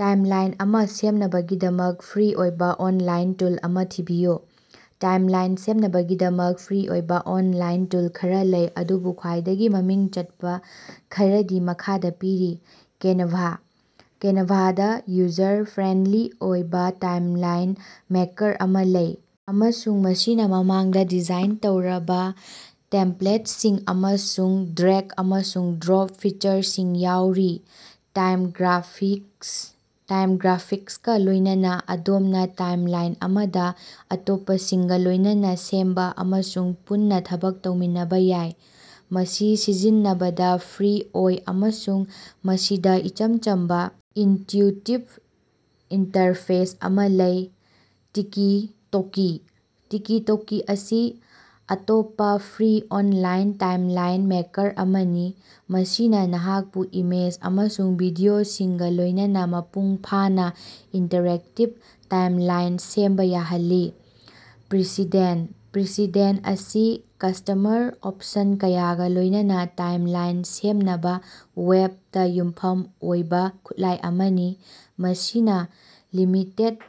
Timeline ꯑꯃ ꯁꯦꯝꯅꯕꯒꯤꯗꯃꯛ free ꯑꯣꯏꯕ ꯑꯣꯟꯂꯥꯏꯟ ꯇꯨꯜ ꯑꯃ ꯊꯤꯕꯤꯌꯨ꯫ ꯇꯥꯏꯝꯂꯥꯏꯟ ꯁꯦꯝꯅꯕꯒꯤꯗꯃꯛ ꯐ꯭ꯔꯤ ꯑꯣꯏꯕ ꯑꯣꯟꯂꯥꯏꯟ ꯇꯨꯜ ꯈꯔ ꯂꯩ, ꯑꯗꯨꯕꯨ ꯈ꯭ꯋꯥꯏꯗꯒꯤ ꯃꯃꯤꯡ ꯆꯠꯄ ꯈꯔꯗꯤ ꯃꯈꯥꯗ ꯄꯤꯔꯤ: ꯀꯦꯅꯚꯥ: ꯀꯦꯅꯚꯥꯗ ꯌꯨꯖꯔ ꯐ꯭ꯔꯦꯟꯗꯂꯤ ꯑꯣꯏꯕ ꯇꯥꯏꯝꯂꯥꯏꯟ ꯃꯦꯀꯔ ꯑꯃ ꯂꯩ ꯑꯃꯁꯨꯡ ꯃꯁꯤꯅ ꯃꯃꯥꯡꯗ ꯗꯤꯖꯥꯏꯟ ꯇꯧꯔꯕ ꯇꯦꯝꯄꯂꯦꯠꯁꯤꯡ ꯑꯃꯁꯨꯡ ꯗ꯭ꯔꯦꯒ- ꯑꯃꯁꯨꯡ-ꯗ꯭ꯔꯣꯞ ꯐꯤꯆꯔꯁꯤꯡ ꯌꯥꯎꯔꯤ꯫ ꯇꯥꯏꯝꯒ꯭ꯔꯥꯐꯤꯛꯁ: ꯇꯥꯏꯝꯒ꯭ꯔꯥꯐꯤꯛꯁꯀ ꯂꯣꯏꯅꯅ ꯑꯗꯣꯝꯅ ꯇꯥꯏꯝꯂꯥꯏꯟ ꯑꯃꯗ ꯑꯇꯣꯞꯄꯁꯤꯡꯒ ꯂꯣꯏꯅꯅ ꯁꯦꯝꯕ ꯑꯃꯁꯨꯡ ꯄꯨꯟꯅ ꯊꯕꯛ ꯇꯧꯃꯤꯟꯅꯕ ꯌꯥꯏ꯫ ꯃꯁꯤ ꯁꯤꯖꯤꯟꯅꯕꯗ ꯐ꯭ꯔꯤ ꯑꯣꯏ ꯑꯃꯁꯨꯡ ꯃꯁꯤꯗ ꯏꯆꯝ ꯆꯝꯕ, ꯏꯟꯇ꯭ꯌꯨꯇꯤꯞ ꯏꯟꯇꯔꯐꯦꯁ ꯑꯃꯥ ꯂꯩ꯫ ꯇꯤꯀꯤ-ꯇꯣꯀꯤ: ꯇꯤꯀꯤ-ꯇꯣꯀꯤ ꯑꯁꯤ ꯑꯇꯣꯞꯄꯥ ꯐ꯭ꯔꯤ ꯑꯣꯅꯂꯥꯏꯟ ꯇꯥꯏꯝꯂꯥꯏꯟ ꯃꯦꯀꯔ ꯑꯃꯅꯤ ꯃꯁꯤꯅ ꯅꯍꯥꯛꯄꯨ ꯏꯃꯦꯖ ꯑꯃꯁꯨꯡ ꯚꯤꯗꯤꯑꯣꯁꯤꯡꯒ ꯂꯣꯏꯅꯅ ꯃꯄꯨꯡ ꯐꯥꯅ ꯏꯟꯇꯔꯦꯛꯇꯤꯕ ꯇꯥꯏꯝꯂꯥꯏꯟ ꯁꯦꯝꯕ ꯌꯥꯍꯜꯂꯤ꯫ ꯄ꯭ꯔꯤꯁꯤꯗꯦꯟ: ꯄ꯭ꯔꯤꯁꯦꯗꯦꯟ ꯑꯁꯤ ꯀꯁ꯭ꯇꯃꯔ ꯑꯣꯞꯁꯟ ꯀꯌꯥꯒ ꯂꯣꯏꯅꯅ ꯇꯥꯏꯝꯂꯥꯏꯟ ꯁꯦꯝꯅꯕ ꯋꯦꯕꯇ ꯌꯨꯝꯐꯝ ꯑꯣꯏꯕ ꯈꯨꯠꯂꯥꯏ ꯑꯃꯅꯤ꯫ ꯃꯁꯤꯅ ꯂꯤꯃꯤꯇꯦꯗ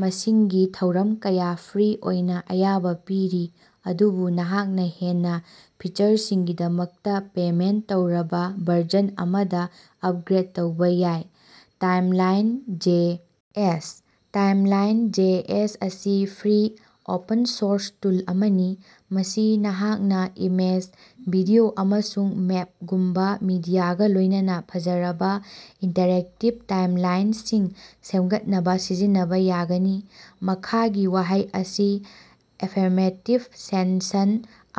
ꯃꯁꯤꯡꯒꯤ ꯊꯧꯔꯝ ꯀꯌꯥ ꯐ꯭ꯔꯤ ꯑꯣꯏꯅ ꯑꯌꯥꯕꯥ ꯄꯤꯔꯤ, ꯑꯗꯨꯕꯨ ꯅꯍꯥꯛꯅ ꯍꯦꯟꯅ ꯐꯤꯆꯔꯁꯤꯡꯒꯤꯗꯃꯛꯇ ꯄꯦꯃꯦꯟꯠ ꯇꯧꯔꯕ ꯚꯔꯖꯟ ꯑꯃꯗ ꯑꯄꯒ꯭ꯔꯦꯗ ꯇꯧꯕ ꯌꯥꯏ꯫ Timeline J. ꯑꯦꯁ.: ꯇꯥꯏꯝꯂꯥꯏꯟꯖꯦꯑꯦꯁ ꯑꯁꯤ ꯐ꯭ꯔꯤ, ꯑꯣꯄꯟ-ꯁꯣꯔꯁ ꯇꯨꯜ ꯑꯃꯅꯤ, ꯃꯁꯤ ꯅꯍꯥꯛꯅ ꯏꯃꯦꯖ, ꯚꯤꯗꯤꯑꯣ, ꯑꯃꯁꯨꯡ ꯃꯦꯞꯒꯨꯝꯕꯥ ꯃꯤꯗꯤꯌꯥꯒꯥ ꯂꯣꯏꯅꯅ ꯐꯖꯔꯕ ꯏꯟꯇꯔꯦꯛꯇꯤꯕ ꯇꯥꯏꯝꯂꯥꯏꯅꯁꯤꯡ ꯁꯦꯃꯒꯠꯅꯕ ꯁꯤꯖꯤꯟꯅꯕ ꯌꯥꯒꯅꯤ꯫ ꯃꯈꯥꯒꯤ ꯋꯥꯍꯩ ꯑꯁꯤ ꯑꯦꯐꯦꯔꯃꯦꯇꯤꯕ ꯁꯦꯟꯁꯟ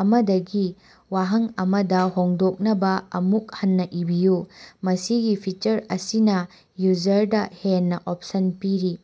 ꯑꯃꯗꯒꯤ ꯋꯥꯍꯪ ꯑꯃꯗ ꯍꯣꯡꯗꯣꯛꯅꯕ ꯑꯃꯨꯛ ꯍꯟꯅ ꯏꯕꯤꯌꯨ꯫ ꯃꯁꯤꯒꯤ ꯐꯤꯆꯔ ꯑꯁꯤꯅ ꯌꯨꯖꯔꯗ ꯍꯦꯟꯅ ꯑꯣꯞꯁꯟ ꯄꯤꯔꯤ꯫